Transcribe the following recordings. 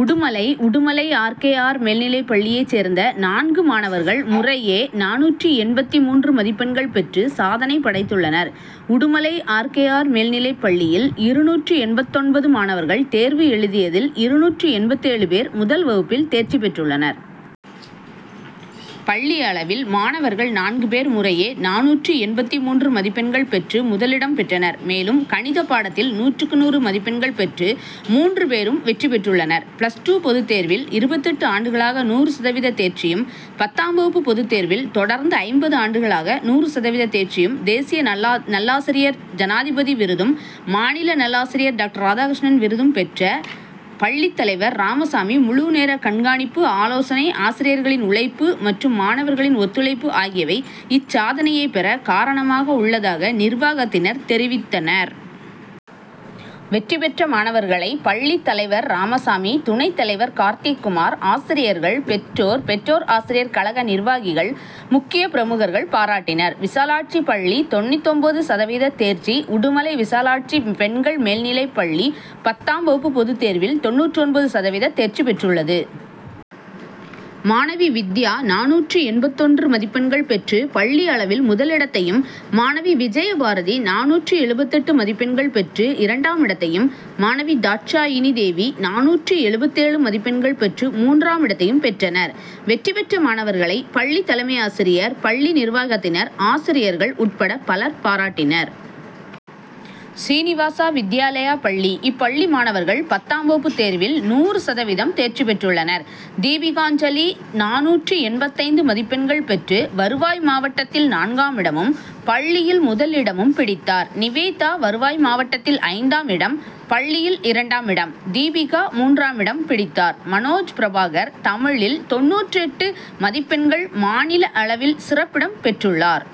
Udumalai Udumalai R. K. R., மேல்நிலைப்பள்ளியை சேர்ந்த நான்கு மாணவர்கள் முறையே நானூற்று எண்பத்து மூன்று மதிப்பெண்கள் பெற்று சாதனை படைத்துள்ளனர். உடுமலை ஆர். கே. ஆர்., மேல்நிலைப்பள்ளியில், இருநூற்று எண்பத்தொன்பது மாணவர்கள் தேர்வு எழுதியதில் இருநூற்று எண்பத்தேழு பேர் முதல் வகுப்பில் தேர்ச்சி பெற்றுள்ளனர். பள்ளி அளவில், மாணவர்கள் நான்கு பேர் முறையே நானூற்று எண்பத்து மூன்று மதிப்பெண்கள் பெற்று முதலிடம் பெற்றனர். மேலும், கணித பாடத்தில் நூறுக்கு நூறு மதிப்பெண்கள் பெற்று மூன்று பேரும் வெற்றி பெற்றுள்ளனர். பிளஸ் டூ பொதுத்தேர்வில், இருபத்தெட்டு ஆண்டுகளாக நூறு சதவீத தேர்ச்சியும், பத்தாம் வகுப்பு பொதுத்தேர்வில், தொடர்ந்து ஐம்பது ஆண்டுகளாக நூறு சதவீத தேர்ச்சியும் தேசிய நல்லாசிரியர் ஜனாதிபதி விருதும், மாநில நல்லாசிரியர் டாக்டர் ராதா கிருஷ்ணன் விருதும் பெற்ற பள்ளி தலைவர் ராமசாமி முழுநேர கண்காணிப்பு, ஆலோசனை, ஆசிரியர்களின் உழைப்பு மற்றும் மாணவர்களின் ஒத்துழைப்பு ஆகியவை இச்சாதனையை பெற காரணமாக உள்ளதாக நிர்வாகத்தினர் தெரிவித்தனர். வெற்றி பெற்ற மாணவர்களை பள்ளி தலைவர் ராமசாமி, துணைத்தலைவர் கார்த்திக்குமார், ஆசிரியர்கள், பெற்றோர், பெற்றோர் ஆசிரியர் கழக நிர்வாகிகள், முக்கிய பிரமுகர்கள் பாராட்டினர். விசாலாட்சி பள்ளி தொண்ணித் தொன்பது சதவீத தேர்ச்சி உடுமலை விசாலாட்சி பெண்கள் மேல்நிலைப்பள்ளி பத்தாம் வகுப்பு பொதுத்தேர்வில், தொண்ணூற்று ஒன்பது சதவீத தேர்ச்சிபெற்றுள்ளது. மாணவி வித்யா நானூற்று எண்பத்தொன்று மதிப்பெண்கள் பெற்று பள்ளி அளவில் முதலிடத்தையும், மாணவி விஜயபாரதி நானூற்று எழுபத்தெட்டு மதிப்பெண்கள் பெற்று இரண்டாமிடத்தையும், மாணவி தாட்சாயிணி தேவி நானூற்று எழுபத்தேழு மதிப்பெண்கள் பெற்று மூன்றாமிடத்தையும் பெற்றனர். வெற்றி பெற்ற மாணவர்களை பள்ளி தலைமையாசிரியர், பள்ளி நிர்வாகத் தினர், ஆசிரியர்கள் உட்பட பலர் பாராட்டினர். சீனிவாசா வித்யாலயா பள்ளிஇப்பள்ளி மாணவர்கள் பத்தாம் வகுப்பு தேர்வில் நூறு சதவீதம் தேர்ச்சி பெற்றுள்ளனர். தீபிகாஞ்சலி நானூற்று எண்பத்தைந்து மதிப்பெண்கள் பெற்று வருவாய் மாவட்டத்தில் நான்காமிடமும், பள்ளியில் முதலிடமும் பிடித்தார். நிவேதா வருவாய் மாவட்டத்தில் ஐந்தாம் இடம், பள்ளியில் இரண்டாமிடம், தீபிகா மூன்றாமிடம் பிடித்தார். மனோஜ் பிரபாகர் தமிழிலில் தொண்ணூற்று எட்டு மதிப்பெண்கள் மாநில அளவில் சிறப்பிடம் பெற்றுள்ளார்.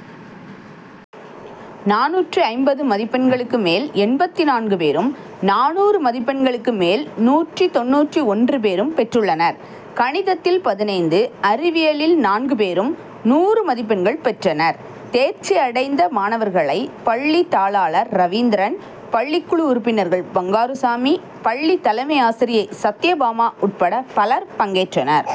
நானூற்று ஐம்பது மதிப்பெண்களுக்கு மேல் எண்பத்து நான்கு பேரும், நானூறு மதிப்பெண்களுக்கு மேல் நூற்று தொண்ணூற்று ஒன்று பேரும் பெற்றுள்ளனர். கணிதத்தில் பதினைந்து, அறிவியலில் நான்கு பேரும் நூறு மதிப்பெண்கள் பெற்றனர். தேர்ச்சி அடைந்த மாணவர்களை பள்ளி தாளாளர் ரவீந்திரன், பள்ளிக்குழு உறுப்பினர்கள் பங்காருசாமி, பள்ளி தலைமையாசிரியை சத்யபாமா உட்பட பலர் பங்கேற்றனர்.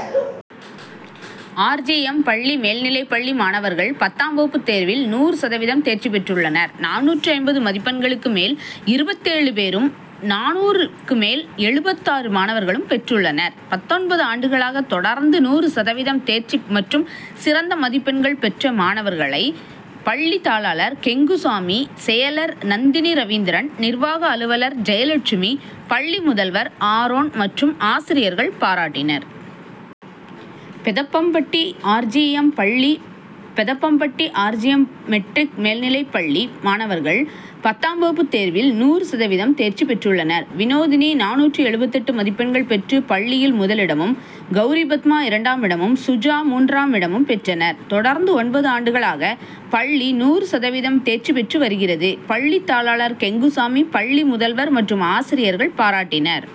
ஆர். ஜி. எம்., பள்ளி மேல்நிலைப்பள்ளி மாணவர்கள் பத்தாம் வகுப்பு தேர்வில் நூறு சதவீதம் தேர்ச்சி பெற்றுள்ளனர். நானூற்று ஐம்பது மதிப்பெண்களுக்கு மேல் இருபத்தேழு பேரும், நானூறுக்கு மேல் எழுபத்து ஆறு மாணவர்களும் பெற்றுள்ளனர். பத்தொன்பது ஆண்டுகளாக தொடர்ந்து நூறு சதவீதம் தேர்ச்சி மற்றும் சிறந்த மதிப்பெண்கள் பெற்ற மாணவர்களை பள்ளி தாளாளர் கெங்குசாமி, செயலர் நந்தினிரவீந்திரன், நிர்வாக அலுவலர் ஜெயலட்சுமி, பள்ளி முதல்வர் ஆரோன் மற்றும் ஆசிரியர்கள் பாராட்டினர். பெதப்பம்பட்டி ஆர். ஜி. எம்., பள்ளி Pethappampatti R. G. M., matric., மேல்நிலைப்பள்ளி மாணவர்கள் பத்தாம் வகுப்பு தேர்வில் நூறு சதவீதம் தேர்ச்சி பெற்றுள்ளனர். வினோதினி நானூற்று எழுபத்தெட்டு மதிப்பெண்கள் பெற்று பள்ளியில் முதலிடமும், கவுரிபத்மா, இரண்டாமிடமும், சுஜா மூன்றாமிடமும் பெற்றனர். தொடர்ந்து ஒன்பது ஆண்டுகளாக பள்ளி நூறு சதவீதம் தேர்ச்சி பெற்று வருகிறது. பள்ளி தாளாளர் கெங்குசாமி, பள்ளி முதல்வர் மற்றும் ஆசிரியர்கள் பாராட்டினர்.